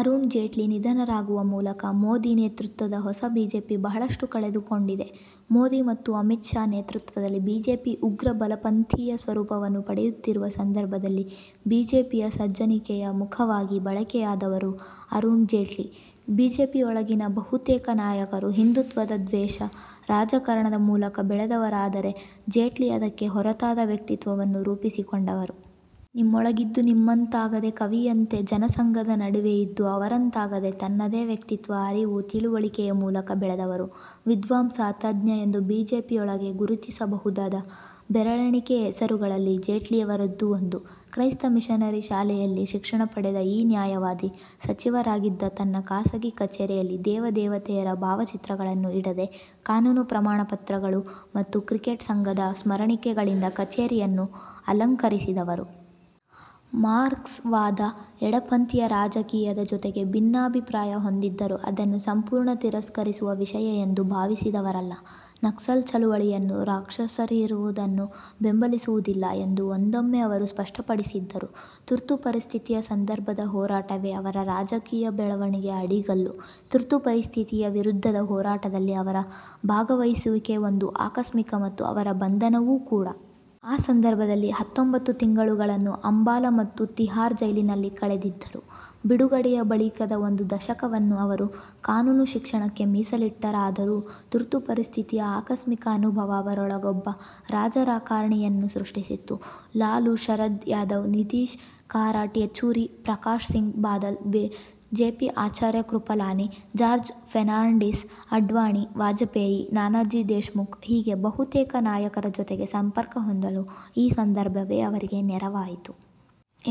ಅರುಣ್ ಜೇಟ್ಲಿ ನಿಧನರಾಗುವ ಮೂಲಕ, ಮೋದಿ ನೇತೃತ್ವದ ಹೊಸ ಬಿಜೆಪಿ ಬಹಳಷ್ಟು ಕಳೆದುಕೊಂಡಿದೆ. ಮೋದಿ ಮತ್ತು ಅಮಿತ್ ಶಾ ನೇತೃತ್ವದಲ್ಲಿ ಬಿಜೆಪಿ ಉಗ್ರ ಬಲಪಂಥೀಯ ಸ್ವರೂಪವನ್ನು ಪಡೆಯುತ್ತಿರುವ ಸಂದರ್ಭದಲ್ಲಿ ಬಿಜೆಪಿಯ ಸಜ್ಜನಿಕೆಯ ಮುಖವಾಗಿ ಬಳಕೆಯಾದವರು ಅರುಣ್ ಜೇಟ್ಲಿ. ಬಿಜೆಪಿಯೊಳಗಿನ ಬಹುತೇಕ ನಾಯಕರು ಹಿಂದುತ್ವದ ದ್ವೇಷ ರಾಜಕಾರಣದ ಮೂಲಕ ಬೆಳೆದವರಾದರೆ ಜೇಟ್ಲಿ ಅದಕ್ಕೆ ಹೊರತಾದ ವ್ಯಕ್ತಿತ್ವವನ್ನು ರೂಪಿಸಿಕೊಂಡವರು. ನಿಮ್ಮೊಳಗಿದ್ದೂ ನಿಮ್ಮಂತಾಗದೆ ಕವಿತೆಯಂತೆ, ಜನಸಂಘದ ನಡುವೆಯಿದ್ದೂ ಅವರಂತಾಗದೆ, ತನ್ನದೇ ವ್ಯಕ್ತಿತ್ವ, ಅರಿವು, ತಿಳುವಳಿಕೆಯ ಮೂಲಕ ಬೆಳೆದವರು. ವಿದ್ವಾಂಸ, ತಜ್ಞ ಎಂದು ಬಿಜೆಪಿಯೊಳಗೆ ಗುರುತಿಸಬಹುದಾದ ಬೆರಳೆಣಿಕೆಯ ಹೆಸರುಗಳಲ್ಲಿ ಜೇಟ್ಲಿಯವರದ್ದೂ ಒಂದು. ಕ್ರೈಸ್ತ ಮಿಶನರಿ ಶಾಲೆಯಲ್ಲಿ ಶಿಕ್ಷಣ ಪಡೆದ ಈ ನ್ಯಾಯವಾದಿ, ಸಚಿವರಾಗಿದ್ದಾಗ ತನ್ನ ಖಾಸಗಿ ಕಚೇರಿಯಲ್ಲಿ ದೇವ ದೇವತೆಯರ ಭಾವಚಿತ್ರಗಳನ್ನು ಇಡದೆ ಕಾನೂನು ಪ್ರಮಾಣಪತ್ರಗಳು ಮತ್ತು ಕ್ರಿಕೆಟ್ ಸಂಘದ ಸ್ಮರಣಿಕೆಗಳಿಂದ ಕಚೇರಿಯನ್ನು ಅಲಂಕರಿಸಿದವರು. ಮಾರ್ಕ್ಸ್ ವಾದ, ಎಡಪಂಥೀಯ ರಾಜಕೀಯದ ಜೊತೆಗೆ ಭಿನ್ನಾಭಿಪ್ರಾಯ ಹೊಂದಿದ್ದರೂ, ಅದನ್ನು ಸಂಪೂರ್ಣ ತಿರಸ್ಕರಿಸುವ ವಿಷಯ ಎಂದು ಭಾವಿಸಿದವರಲ್ಲ. ನಕ್ಸಲ್ ಚಳವಳಿಯನ್ನೂ ರಾಕ್ಷಸೀಕರಿಸುವುದನ್ನು ಬೆಂಬಲಿಸುವುದಿಲ್ಲ ಎಂದು ಒಂದೊಮ್ಮೆ ಅವರು ಸ್ಪಷ್ಟಪಡಿಸಿದ್ದರು. ತುರ್ತುಪರಿಸ್ಥಿತಿಯ ಸಂದರ್ಭದ ಹೋರಾಟವೇ ಅವರ ರಾಜಕೀಯ ಬೆಳವಣಿಗೆಯ ಅಡಿಗಲ್ಲು. ತುರ್ತುಪರಿಸ್ಥಿತಿಯ ವಿರುದ್ಧದ ಹೋರಾಟದಲ್ಲಿ ಅವರ ಭಾಗವಹಿಸುವಿಕೆ ಒಂದು ಆಕಸ್ಮಿಕ ಮತ್ತು ಅವರ ಬಂಧನವೂ ಕೂಡ. ಆ ಸಂದರ್ಭದಲ್ಲಿ ಹತ್ತೊಂಬತ್ತು ತಿಂಗಳುಗಳನ್ನು ಅಂಬಾಲ ಮತ್ತು ತಿಹಾರ್ ಜೈಲಿನಲ್ಲಿ ಕಳೆದಿದ್ದರು. ಬಿಡುಗಡೆಯ ಬಳಿಕದ ಒಂದು ದಶಕವನ್ನು ಅವರು ಕಾನೂನು ಶಿಕ್ಷಣಕ್ಕೆ ಮೀಸಲಿಟ್ಟರಾದರೂ, ತುರ್ತುಪರಿಸ್ಥಿತಿಯ ಆಕಸ್ಮಿಕ ಅನುಭವ ಅವರೊಳಗೊಬ್ಬ ರಾಜಕಾರಣಿಯನ್ನು ಸೃಷ್ಟಿಸಿತ್ತು. ಲಾಲು, ಶರದ್ ಯಾದವ್, ನಿತೀಶ್, ಕಾರಾಟ್, ಯೆಚೂರಿ, ಪ್ರಕಾಶ್ ಸಿಂಗ್ ಬಾದಲ್, ಜೆಪಿ, ಆಚಾರ್ಯ ಕೃಪಲಾನಿ, ಜಾರ್ಜ್ ಫೆರ್ನಾಂಡಿಸ್, ಅಡ್ವಾಣಿ, ವಾಜಪೇಯಿ, ನಾನಾಜಿ ದೇಶ್ಮುಖ್ ಹೀಗೆ ಬಹುತೇಕ ನಾಯಕರ ಜೊತೆ ಸಂಪರ್ಕ ಹೊಂದಲು ಈ ಸಂದರ್ಭವೇ ಅವರಿಗೆ ನೆರವಾಯಿತು.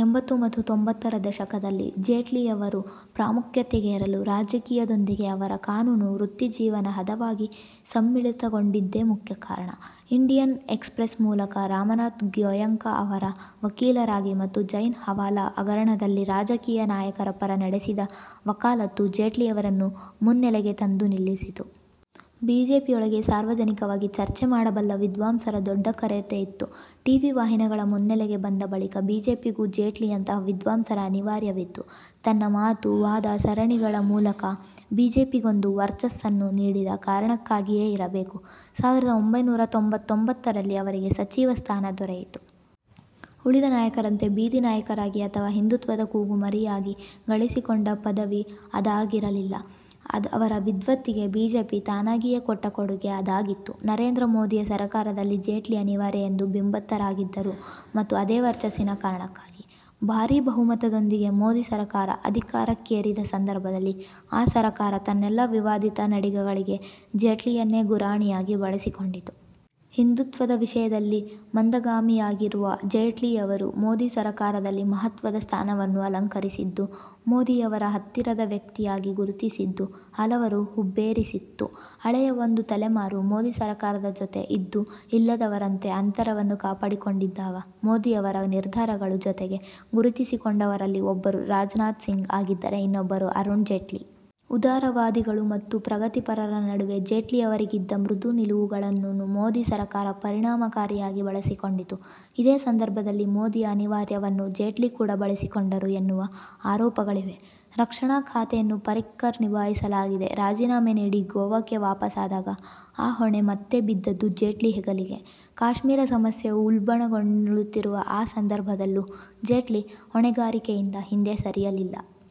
ಎಂಬತ್ತು ಮತ್ತು ತೊಂಬತ್ತರ ದಶಕದಲ್ಲಿ ಜೇಟ್ಲಿಯವರು ಪ್ರಾಮುಖ್ಯತೆಗೇರಲು ರಾಜಕೀಯದೊಂದಿಗೆ ಅವರ ಕಾನೂನು ವೃತ್ತಿಜೀವನ ಹದವಾಗಿ ಸಮ್ಮಿಳಿತಗೊಂಡಿದ್ದೇ ಮುಖ್ಯ ಕಾರಣ. ಇಂಡಿಯನ್ ಎಕ್ಸ್ಪ್ರೆಸ್ ಮಾಲಕ ರಾಮನಾಥ್ ಗೊಯೆಂಕಾ ಅವರ ವಕೀಲರಾಗಿ ಮತ್ತು ಜೈನ್ ಹವಾಲಾ ಹಗರಣದಲ್ಲಿ ರಾಜಕೀಯ ನಾಯಕರ ಪರ ನಡೆಸಿದ ವಕಾಲತ್ತು ಜೇಟ್ಲಿಯವರನ್ನು ಮುನ್ನೆಲೆಗೆ ತಂದು ನಿಲ್ಲಿಸಿತ್ತು. ಬಿಜೆಪಿಯೊಳಗೆ ಸಾರ್ವಜನಿಕವಾಗಿ ಚರ್ಚೆ ಮಾಡಬಲ್ಲ ವಿದ್ವಾಂಸರ ದೊಡ್ಡ ಕೊರತೆಯಿತ್ತು. ಟಿವಿ ವಾಹಿನಿಗಳು ಮುನ್ನೆಲೆಗೆ ಬಂದ ಬಳಿಕ ಬಿಜೆಪಿಗೂ ಜೇಟ್ಲಿಯಂತಹ ವಿದ್ವಾಂಸರ ಅನಿವಾರ್ಯವಿತ್ತು. ತನ್ನ ಮಾತು, ವಾದ ಸರಣಿಗಳ ಮೂಲಕ ಬಿಜೆಪಿಗೊಂದು ವರ್ಚಸ್ಸನ್ನು ನೀಡಿದ ಕಾರಣಕ್ಕಾಗಿಯೇ ಇರಬೇಕು, ಸಾವಿರದ ಒಂಬೈನೂರಾ ತೊಂಬತ್ತೊಂಬತ್ತರಲ್ಲಿ ಅವರಿಗೆ ಸಚಿವ ಸ್ಥಾನ ದೊರೆಯಿತು. ಉಳಿದ ನಾಯಕರಂತೆ ಬೀದಿ ನಾಯಕರಾಗಿ ಅಥವಾ ಹಿಂದುತ್ವದ ಕೂಗು ಮಾರಿಯಾಗಿ ಗಳಿಸಿಕೊಂಡ ಪದವಿ ಅದಾಗಿರಲಿಲ್ಲ. ಅವರ ವಿದ್ವತ್ತಿಗೆ ಬಿಜೆಪಿ ತಾನಾಗಿಯೇ ಕೊಟ್ಟ ಕೊಡುಗೆ ಅದಾಗಿತ್ತು. ನರೇಂದ್ರ ಮೋದಿಯ ಸರಕಾರದಲ್ಲಿ ಜೇಟ್ಲಿ ಅನಿವಾರ್ಯ ಎಂದು ಬಿಂಬಿತರಾಗಿದ್ದೂ ಮತ್ತೆ ಅದೇ ವರ್ಚಸ್ಸಿನ ಕಾರಣಕ್ಕಾಗಿ. ಭಾರೀ ಬಹುಮತದೊಂದಿಗೆ ಮೋದಿ ಸರಕಾರ ಅಧಿಕಾರಕ್ಕೇರಿದ ಸಂದರ್ಭದಲ್ಲಿ ಆ ಸರಕಾರ ತನ್ನೆಲ್ಲ ವಿವಾದಿತ ನಡೆಗಳಿಗೆ ಜೇಟ್ಲಿಯನ್ನೇ ಗುರಾಣಿಯಾಗಿ ಬಳಸಿಕೊಂಡಿತು. ಹಿಂದುತ್ವದ ವಿಷಯದಲ್ಲಿ ಮಂದಗಾಮಿಯಾಗಿರುವ ಜೇಟ್ಲಿಯವರು ಮೋದಿ ಸರಕಾರದಲ್ಲಿ ಮಹತ್ವದ ಸ್ಥಾನವನ್ನು ಅಲಂಕರಿಸಿದ್ದು, ಮೋದಿಯವರ ಹತ್ತಿರದ ವ್ಯಕ್ತಿಯಾಗಿ ಗುರುತಿಸಿದ್ದು ಹಲವರ ಹುಬ್ಬೇರಿಸಿತ್ತು. ಹಳೆಯ ಒಂದು ತಲೆಮಾರು ಮೋದಿ ಸರಕಾರದ ಜೊತೆ ಇದ್ದೂ ಇಲ್ಲದವರಂತೆ ಅಂತರವನ್ನು ಕಾಪಾಡಿಕೊಂಡಿದ್ದಾಗ, ಮೋದಿಯವರ ನಿರ್ಧಾರಗಳ ಜೊತೆಗೆ ಗುರುತಿಸಿಕೊಂಡವರಲ್ಲಿ ಒಬ್ಬರು ರಾಜನಾಥ್ ಸಿಂಗ್ ಆಗಿದ್ದರೆ, ಇನ್ನೊಬ್ಬರು ಅರುಣ್ ಜೇಟ್ಲಿ. ಉದಾರವಾದಿಗಳು ಮತ್ತು ಪ್ರಗತಿಪರರ ನಡುವೆ ಜೇಟ್ಲಿಯವರಿಗಿದ್ದ ಮೃದು ನಿಲುವುಗಳನ್ನು ಮೋದಿ ಸರಕಾರ ಪರಿಣಾಮಕಾರಿಯಾಗಿ ಬಳಸಿಕೊಂಡಿತು. ಇದೇ ಸಂದರ್ಭದಲ್ಲಿ ಮೋದಿಯ ಅನಿವಾರ್ಯವನ್ನು ಜೇಟ್ಲಿ ಕೂಡ ಬಳಸಿಕೊಂಡರು ಎನ್ನುವ ಆರೋಪಗಳಿವೆ. ರಕ್ಷಣಾ ಖಾತೆಯನ್ನು ಪರಿಕ್ಕರ್ ನಿಭಾಯಿಸಲಾಗದೆ ರಾಜೀನಾಮೆ ನೀಡಿ ಗೋವಾಕ್ಕೆ ವಾಪಸಾದಾಗ ಆ ಹೊಣೆ ಮತ್ತೆ ಬಿದ್ದದ್ದು ಜೇಟ್ಲಿ ಹೆಗಲಿಗೆ. ಕಾಶ್ಮೀರ ಸಮಸ್ಯೆ ಉಲ್ಬಣಗೊಳ್ಳುತ್ತಿರುವ ಆ ಸಂದರ್ಭದಲ್ಲೂ ಜೇಟ್ಲಿ ಹೊಣೆಗಾರಿಕೆಯಿಂದ ಹಿಂದೆ ಸರಿಯಲಿಲ್ಲ.